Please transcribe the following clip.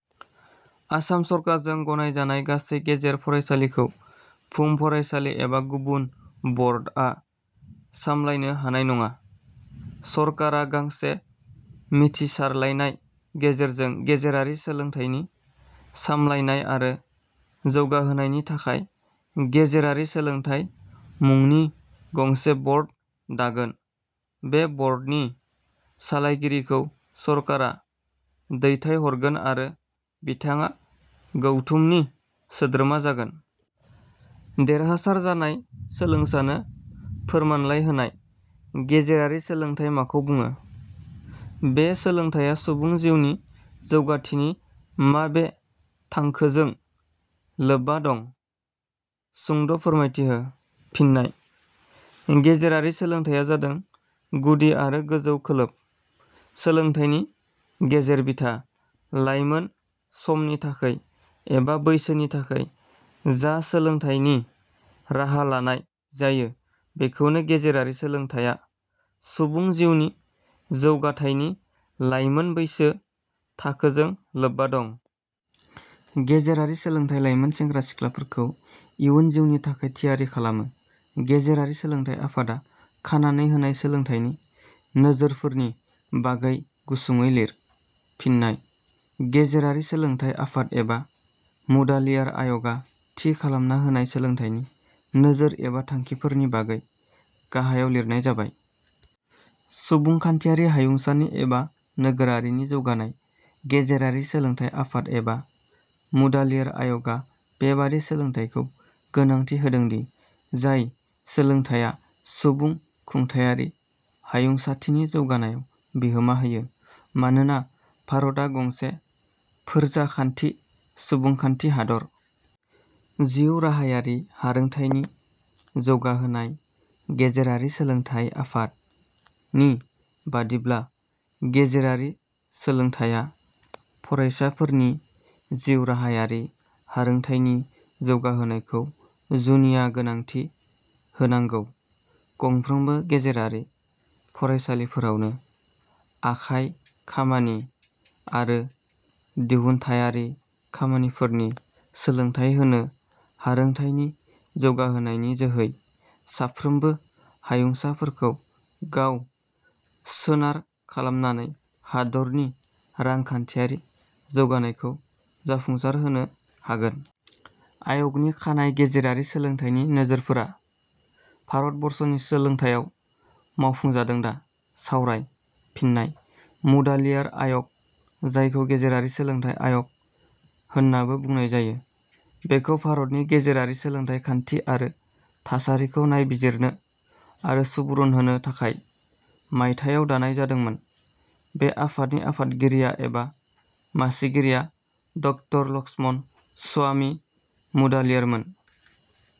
आसाम सरकारजों गनाय जानाय गासै गेजेर फरायसालिखौ भुम फरायसालि एबा गुबुन बर्ड आ सामलायनो हानाय नङा। सरकारा गांसे मिथिसारलायनाय गेजेरजों गेजेरारि सोलोंथाइनि सामलायनाय, आरो जौगाहोनायनि थाखाय गेजेरारि सोलोंथाइ मुंनि गंसे बर्ड दागोन। बे बर्डनि सालायगिरिखौ सरकारा दैथायहरगोन आरो बिथाङा गौथुमनि सोद्रोमा जागोन। देरहासार जानाय सोलोंसानो फोरमानलाइ होनाय।.गेजेरारि सोलोंथाइ माखौ बुङो? बे सोलोंथाइया सुबुं जिउनि जौगाथिनि माबे थांखोजों लोबबा दं? सुंद ' फोरमायथि हो। फिन्नाय: गेजेरारि सोलोंथाइया जादों गुदि आरो गोजौ खोलोब सोलोंथाइनि गेजेर बिथा। लाइमोन समनि थाखै एबा बैसोनि थाखै जा सोलोंथाइनि राहा लानाय जायो बेखौनो गेजेरारि सोलोंथाइया सुबुं जिउनि जौगाथाइनि लाइमोन बैसो थाखोजों लोबबा दं। गेजेरारि सोलोंथाइया लाइमोन सेंग्रा सिख्लाफोरखौ इयुन जिउनि थाखै थियारि खालामो।.गेजेरारि सोलोंथाइ आफादा खानानै होनाय सोलोंथाइनि नोजोरफोरनि बागै गुसुङैलिर। फिन्नाय: गेजेरारि सोलोंथाइ आफाद - एबा मुडालियार आय 'गा थि खालामना होनाय सोलोंथाइनि नोजोर एबा थांखिफोरनि बागै गाहायाव लिरनाय जाबाय:. सुबुंखान्थियारि हायुंसानि एबा नोगोरारिनि जौगानाय: गेजेरारि सोलोंथाइ आफाद एबा मुडालियार आय 'गा बे बादि सोलोंथाइखौ गोनांथि होदों दि जाय सोलोंथाइया सुबुं खुंथायारि हायुंसाथिनि जौगानायाव बिहोमा होयो। मानोना भारता गंसे फोरजाखान्थि सुबुंखान्थि हादर। जिउ राहायारि हारोंथाइनि जौगाहोनाय: गेजेरारि सोलोंथाइ आफाद - नि बादिब्ला गेजेरारि सोलोंथाइया फरायसाफोरनि जिउ राहायारि हारोंथाइनि जौगाहोनायखौ जुनिया गोनांथि होनांगौ। गंफ्रोमबो गेजेरारि फरायसालिफोरावनो आखाइ खामानि आरो दिहुनथायारि खामानिफोरनि सोलोंथाइ होनो हारोंथाइनि जौगाहोनायनि जोहै साफ्रोमबो हायुंसाफोरखौ गाव सोनार खालामनानै हादरनि रांखान्थियारि जौगानायखौ जाफुंसार होनो हागोन।. आय 'गनि खानाय गेजेरारि सोलोंथाइनि नोजोरफोरा भारतबर्षनि सोलोंथाइयाव मावफुंजादों दा। सावराय। फिन्नाय: मुडालियार आयग जायखौ गेजेरारि सोलोंथाइ आय'ग - होननाबो बुंनाय जायो, बेखौ भारतनि गेजेरारि सोलोंथाइ खान्थि आरो थासारिखौ नायबिजिरनो आरो सुबुरुन होनो थाखाय मायथाइयाव दानाय जादोंमोन। बे आफादनि आफादगिरिया एबा मासिगिरिया ड लक्षमणस्वामि मुडालियार मोन।